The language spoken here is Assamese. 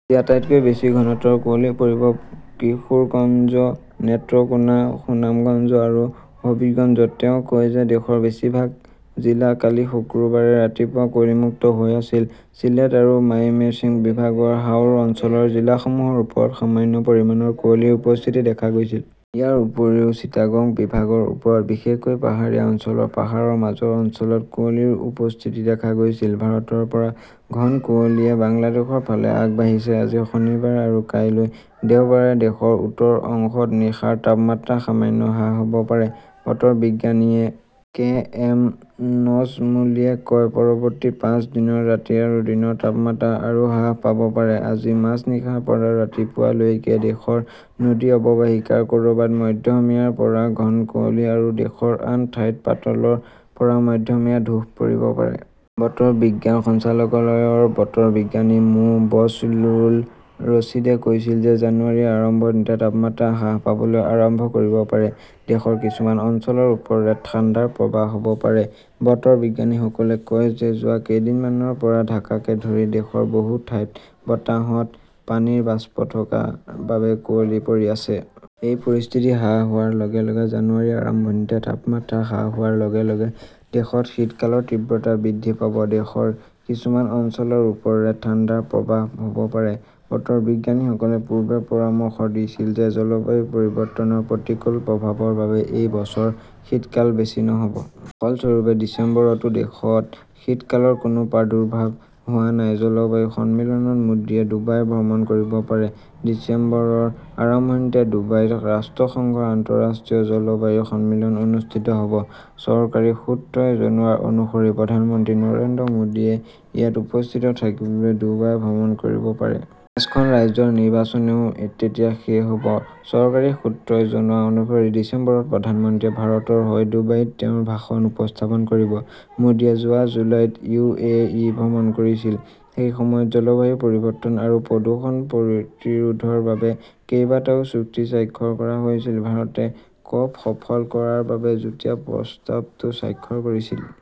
আজি আটাইতকৈ বেছি ঘনত্বৰ কুঁৱলী পৰিব কিশোৰগঞ্জ, নেত্ৰকোনা, সুনামগঞ্জ আৰু হবিগঞ্জত। তেওঁ কয় যে দেশৰ বেছিভাগ জিলা কালি শুক্ৰবাৰে ৰাতিপুৱা কুঁৱলীমুক্ত হৈ আছিল। ছিলেট আৰু মাইমেঞ্চিং বিভাগৰ হাওৰ অঞ্চলৰ জিলাসমূহৰ ওপৰত সামান্য পৰিমাণৰ কুঁৱলীৰ উপস্থিতি দেখা গৈছিল। ইয়াৰ উপৰিও চিটাগং বিভাগৰ ওপৰত, বিশেষকৈ পাহাৰীয়া অঞ্চলৰ পাহাৰৰ মাজৰ অঞ্চলত কুঁৱলীৰ উপস্থিতি দেখা গৈছিল। ভাৰতৰ পৰা ঘন কুঁৱলীয়ে বাংলাদেশৰ ফালে আগবাঢ়িছে। আজি শনিবাৰে আৰু কাইলৈ দেওবাৰে দেশৰ উত্তৰ অংশত নিশাৰ তাপমাত্ৰা সামান্য হ্ৰাস হʼব পাৰে, বতৰ বিজ্ঞানী এ. কে. এম. নজমুলেই কয়। পৰৱৰ্তী পাঁচ দিনত ৰাতি আৰু দিনৰ তাপমাত্ৰা আৰু হ্ৰাস পাব পাৰে। আজি মাজনিশাৰ পৰা ৰাতিপুৱা লৈকে দেশৰ নদী অৱবাহিকাৰ কʼৰবাত মধ্যমীয়াৰ পৰা ঘন কুঁৱলী আৰু দেশৰ আন ঠাইত পাতলৰ পৰা মধ্যমীয়া ধূস পৰিব পাৰে। বতৰ বিজ্ঞান সঞ্চালকালয়ৰ বতৰ বিজ্ঞানী মো. বজলুৰ ৰছিদে কৈছিল যে জানুৱাৰীৰ আৰম্ভণিতে তাপমাত্ৰা হ্ৰাস পাবলৈ আৰম্ভ কৰিব পাৰে। দেশৰ কিছুমান অঞ্চলৰ ওপৰেৰে ঠাণ্ডাৰ প্ৰৱাহ হʼব পাৰে। বতৰ বিজ্ঞানীসকলে কয় যে যোৱা কেইদিনমানৰ পৰা ঢাকাকে ধৰি দেশৰ বহু ঠাইত বতাহত পানীৰ বাষ্প থকাৰ বাবে কুঁৱলী পৰি আছে। এই পৰিস্থিতি হ্ৰাস হোৱাৰ লগে লগে জানুৱাৰীৰ আৰম্ভণিতে তাপমাত্ৰা হ্ৰাস হোৱাৰ লগে লগে দেশত শীতকালৰ তীব্ৰতা বৃদ্ধি পাব। দেশৰ কিছুমান অঞ্চলৰ ওপৰেৰে ঠাণ্ডাৰ প্ৰৱাহ হʼব পাৰে। বতৰ বিজ্ঞানীসকলে পূৰ্বে পৰামৰ্শ দিছিল যে জলবায়ু পৰিৱৰ্তনৰ প্ৰতিকূল প্ৰভাৱৰ বাবে এই বছৰ শীতকাল বেছি নহ 'ব। ফলস্বৰূপে, ডিচেম্বৰতো দেশত শীতকালৰ কোনো প্ৰাদুৰ্ভাৱ হোৱা নাই। জলবায়ু সন্মিলনত মোদীয়ে ডুবাই ভ্ৰমণ কৰিব পাৰে ডিচেম্বৰৰ আৰম্ভণিতে ডুবাইত ৰাষ্ট্ৰসংঘৰ আন্তঃৰাষ্ট্ৰীয় জলবায়ু সন্মিলন অনুষ্ঠিত হ 'ব। চৰকাৰী সূত্ৰই জনোৱা অনুসৰি প্ৰধানমন্ত্ৰী নৰেন্দ্ৰ মোদীয়ে ইয়াত উপস্থিত থাকিবলৈ ডুবাই ভ্ৰমণ কৰিব পাৰে। পাঁচখন ৰাজ্যৰ নিৰ্বাচনও তেতিয়া শেষ হʼব। চৰকাৰী সূত্ৰই জনোৱা অনুসৰি ডিচেম্বৰত প্ৰধানমন্ত্ৰীয়ে ভাৰতৰ হৈ ডুবাইত তেওঁৰ ভাষণ উপস্থাপন কৰিব। মোদীয়ে যোৱা জুলাইত ইউ. এ. ই. ভ্ৰমণ কৰিছিল। সেই সময়ত জলবায়ু পৰিৱৰ্তন আৰু প্ৰদূষণ প্ৰতিৰোধৰ বাবে কেইবাটাও চুক্তি স্বাক্ষৰ কৰা হৈছিল। ভাৰতে ক'প সফল কৰাৰ বাবে যুটীয়া প্ৰস্তাৱতো স্বাক্ষৰ কৰিছিল।